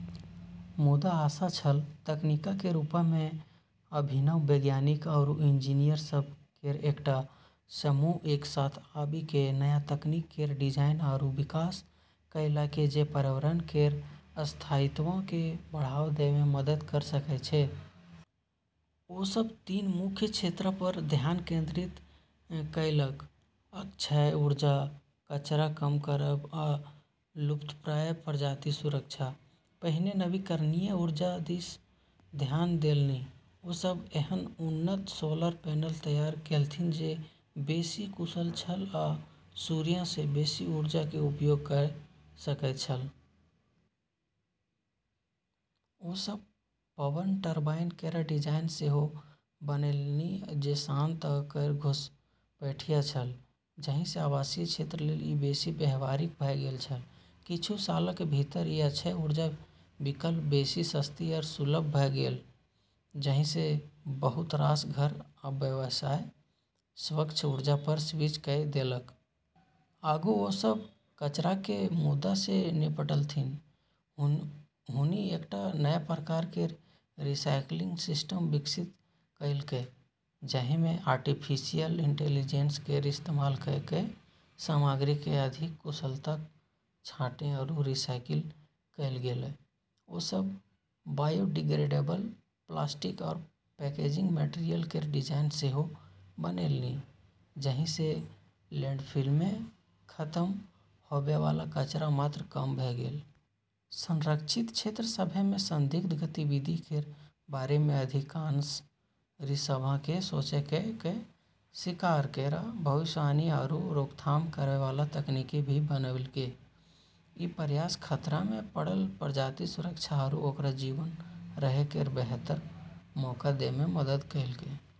मुदा आशा छल - तकनीकक रूपमे। अभिनव वैज्ञानिक आरू इंजीनियर सभ केर एकटा समूह एक साथ आबी कऽ नया तकनीक केर डिजाइन आरू विकास कएलकै जे पर्यावरण केर स्थायित्वकेँ बढ़ावा दैमे मदद कऽ सकैत छै। ओ सब तीन मुख्य क्षेत्रपर ध्यान केंद्रित कएलक: अक्षय ऊर्जा, कचरा कम करब, आ लुप्तप्राय प्रजातिक सुरक्षा। पहिने नवीकरणीय ऊर्जा दिस ध्यान देलनि। ओ सब एहन उन्नत सोलर पैनल तैयार केलथि जे बेसी कुशल छल आ सूर्यसँ बेसी ऊर्जाक उपयोग कऽ सकैत छल। ओ सब पवन टरबाइन केर डिजाइन सेहो बनौलनि जे शांत आ कम घुसपैठिया छल, जाहिंसँ आवासीय क्षेत्र लेल ई बेसी व्यावहारिक भऽ गेल छल। किछु सालक भीतर ई अक्षय ऊर्जा विकल्प बेसी सस्ती आ सुलभ भऽ गेल, जाहिंसँ बहुत रास घर आ व्यवसाय स्वच्छ ऊर्जापर स्विच कऽ देलक। आगू ओ सब कचराक मुद्दासँ निपटलथि। हुनी एकटा नया प्रकार केर रीसाइक्लिंग सिस्टम विकसित कएलकै जाहिमे आर्टिफिशियल इंटेलिजेंस केर इस्तेमाल कऽ कऽ सामग्रीकेँ अधिक कुशलतासँ छाँटै आरू रिसाइकिल कएल गेलै। ओ सब बायोडिग्रेडेबल प्लास्टिक आ पैकेजिंग मटेरियल केर डिजाइन सेहो बनौलनि, जाहिंसँ लैंडफिलमे खतम होबैवाला कचराक मात्रा कम भऽ गेल। संरक्षित क्षेत्र सभमे संदिग्ध गतिविधि केर बारेमे अधिकारिसभकेँ सचेत कऽ कऽ, शिकार केर भविष्यवाणी आरू रोकथाम करैवाला तकनीक भी बनेलकै। ई प्रयास खतरामे पड़ल प्रजातिक सुरक्षा आरू ओकरा जीवित रहै केर बेहतर मौका दैमे मदद कएलकै।